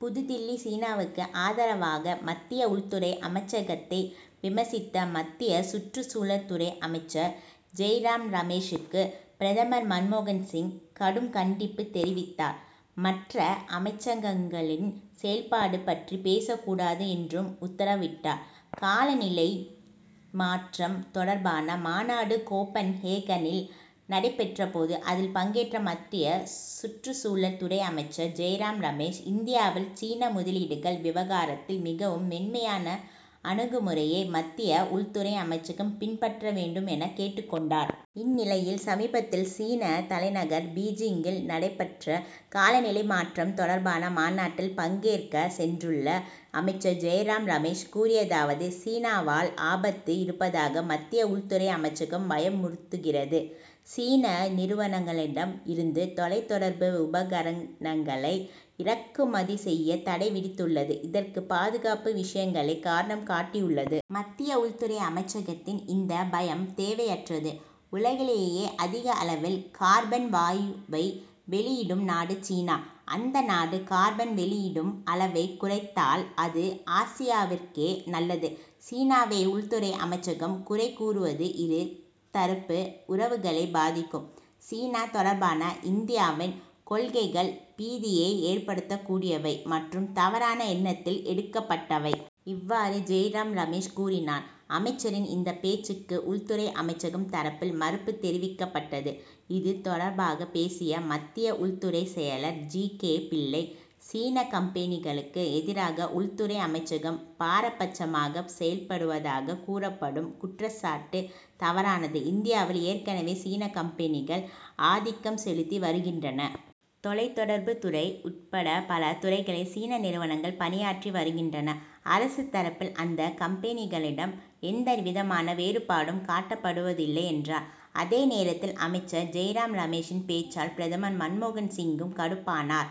புதுடில்லி சீனாவுக்கு ஆதரவாக மத்திய உள்துறை அமைச்சகத்தை விமர்சித்த மத்திய சுற்றுச்சூழல் துறை அமைச்சர் ஜெய்ராம் ரமேஷுக்கு பிரதமர் மன்மோகன் சிங் கடும் கண்டிப்பு தெரிவித்தார். மற்ற அமைச்சகங்களின் செயல்பாடு பற்றி பேசக்கூடாது என்றும் உத்தரவிட்டார். காலநிலை மாற்றம் தொடர்பான மாநாடு கோபன்ஹேகனில் நடைபெற்ற போது அதில் பங்கேற்ற மத்திய சுற்றுச்சூழல் துறை அமைச்சர் ஜெய்ராம் ரமேஷ் இந்தியாவில் சீன முதலீடுகள் விவகாரத்தில் மிகவும் மென்மையான அணுகுமுறையை மத்திய உள்துறை அமைச்சகம் பின்பற்ற வேண்டும் என கேட்டுக் கொண்டார். இந்நிலையில் சமீபத்தில் சீன தலைநகர் பீஜிங்கில் நடைபெற்ற காலநிலை மாற்றம் தொடர்பான மாநாட்டில் பங்கேற்கச் சென்றுள்ள அமைச்சர் ஜெய்ராம் ரமேஷ் கூறியதாவது சீனாவால் ஆபத்து இருப்பதாக மத்திய உள்துறை அமைச்சகம் பயமுறுத்துகிறது. சீன நிறுவனங்களிடம் இருந்து தொலைத்தொடர்பு உபகரணங்களை இறக்குமதி செய்ய தடை விதித்துள்ளது. இதற்கு பாதுகாப்பு விஷயங்களை காரணம் காட்டியுள்ளது. மத்திய உள்துறை அமைச்சகத்தின் இந்தப் பயம் தேவையற்றது. உலகிலேயே அதிக அளவில் கார்பன் வாயுவை வெளியிடும் நாடு சீனா. அந்த நாடு கார்பன் வெளியிடும் அளவை குறைத்தால் அது ஆசியாவிற்கே நல்லது. சீனாவை உள்துறை அமைச்சகம் குறை கூறுவது இரு தரப்பு உறவுகளை பாதிக்கும். சீனா தொடர்பான இந்தியாவின் கொள்கைகள் பீதியை ஏற்படுத்தக்கூடியவை மற்றும் தவறான எண்ணத்தில் எடுக்கப்பட்டவை. இவ்வாறு ஜெய்ராம் ரமேஷ் கூறினார். அமைச்சரின் இந்தப் பேச்சுக்கு உள்துறை அமைச்சகம் தரப்பில் மறுப்பு தெரிவிக்கப்பட்டது. இது தொடர்பாக பேசிய மத்திய உள்துறைச் செயலர் ஜி. கே. பிள்ளை சீன கம்பெனிகளுக்கு எதிராக உள்துறை அமைச்சகம் பாரபட்சமாகச் செயல்படுவதாகக் கூறப்படும் குற்றச்சாட்டு தவறானது. இந்தியாவில் ஏற்கனவே சீன கம்பெனிகள் ஆதிக்கம் செலுத்தி வருகின்றன. தொலைத்தொடர்புத் துறை உட்பட பல துறைகளில் சீன நிறுவனங்கள் பணியாற்றி வருகின்றன. அரசு தரப்பில் அந்தக் கம்பெனிகளிடம் எந்த விதமான வேறுபாடும் காட்டப்படுவதில்லை என்றார். அதே நேரத்தில் அமைச்சர் ஜெய்ராம் ரமேஷின் பேச்சால் பிரதமர் மன்மோகன் சிங்கும் கடுப்பானார்.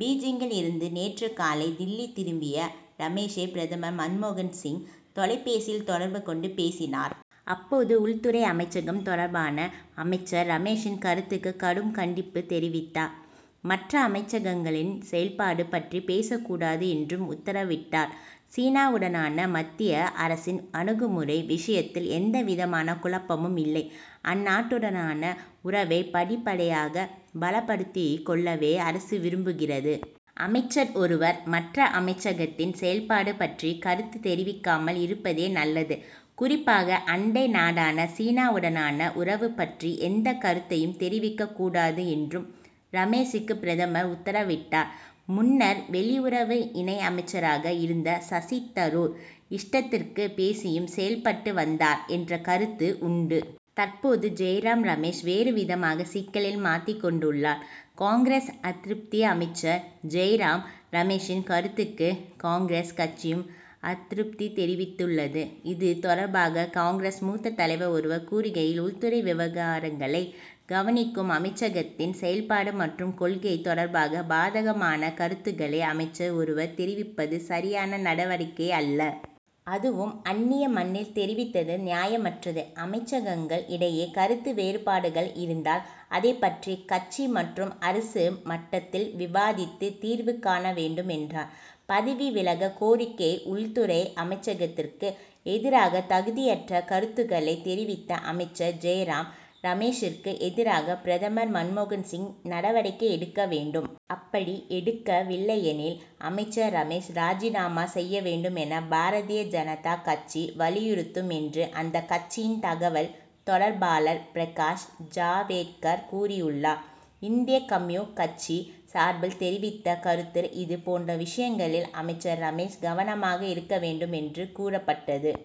பீஜிங்கில் இருந்து நேற்று காலை டில்லி திரும்பிய ரமேஷை பிரதமர் மன்மோகன் சிங் தொலைபேசியில் தொடர்பு கொண்டு பேசினார். அப்போது உள்துறை அமைச்சகம் தொடர்பான அமைச்சர் ரமேஷின் கருத்துக்கு கடும் கண்டிப்பு தெரிவித்தார். மற்ற அமைச்சகங்களின் செயல்பாடு பற்றி பேசக்கூடாது என்றும் உத்தரவிட்டார். சீனாவுடனான மத்திய அரசின் அணுகுமுறை விஷயத்தில் எந்த விதமான குழப்பமும் இல்லை. அந்நாட்டுடனான உறவை படிப்படியாக பலப்படுத்திக் கொள்ளவே அரசு விரும்புகிறது. அமைச்சர் ஒருவர் மற்ற அமைச்சகத்தின் செயல்பாடு பற்றி கருத்து தெரிவிக்காமல் இருப்பதே நல்லது. குறிப்பாக அண்டை நாடான சீனாவுடனான உறவு பற்றி எந்தக் கருத்தையும் தெரிவிக்கக்கூடாது என்றும் ரமேஷுக்கு பிரதமர் உத்தரவிட்டார். முன்னர் வெளியுறவு இணையமைச்சராக இருந்த சசி தரூர் இஷ்டத்திற்கு பேசியும் செயல்பட்டு வந்தார் என்ற கருத்து உண்டு. தற்போது ஜெய்ராம் ரமேஷ் வேறு விதமாக சிக்கலில் மாட்டிக் கொண்டுள்ளார். காங்கிரஸ் அதிருப்தி அமைச்சர் ஜெய்ராம் ரமேஷின் கருத்துக்கு காங்கிரஸ் கட்சியும் அதிருப்தி தெரிவித்துள்ளது. இது தொடர்பாக காங்கிரஸ் மூத்த தலைவர் ஒருவர் கூறுகையில் உள்துறை விவகாரங்களை கவனிக்கும் அமைச்சகத்தின் செயல்பாடு மற்றும் கொள்கை தொடர்பாக பாதகமான கருத்துக்களை அமைச்சர் ஒருவர் தெரிவிப்பது சரியான நடவடிக்கை அல்ல. அதுவும் அன்னிய மண்ணில் தெரிவித்தது நியாயமற்றது. அமைச்சகங்கள் இடையே கருத்து வேறுபாடுகள் இருந்தால் அதைப் பற்றி கட்சி மற்றும் அரசு மட்டத்தில் விவாதித்து தீர்வு காண வேண்டும் என்றார். பதவி விலக கோரிக்கை உள்துறை அமைச்சகத்திற்கு எதிராக தகுதியற்ற கருத்துக்களைத் தெரிவித்த அமைச்சர் ஜெய்ராம் ரமேஷிற்கு எதிராக பிரதமர் மன்மோகன் சிங் நடவடிக்கை எடுக்க வேண்டும். அப்படி எடுக்கவில்லையெனில் அமைச்சர் ரமேஷ் ராஜினாமா செய்ய வேண்டும் என பாரதிய ஜனதா கட்சி வலியுறுத்தும் என்று அந்தக் கட்சியின் தகவல் தொடர்பாளர் பிரகாஷ் ஜாவேத்கர் கூறியுள்ளார். இந்திய கம்யூ. கட்சி சார்பில் தெரிவித்த கருத்தில் இது போன்ற விஷயங்களில் அமைச்சர் ரமேஷ் கவனமாக இருக்க வேண்டும் என்று கூறப்பட்டது.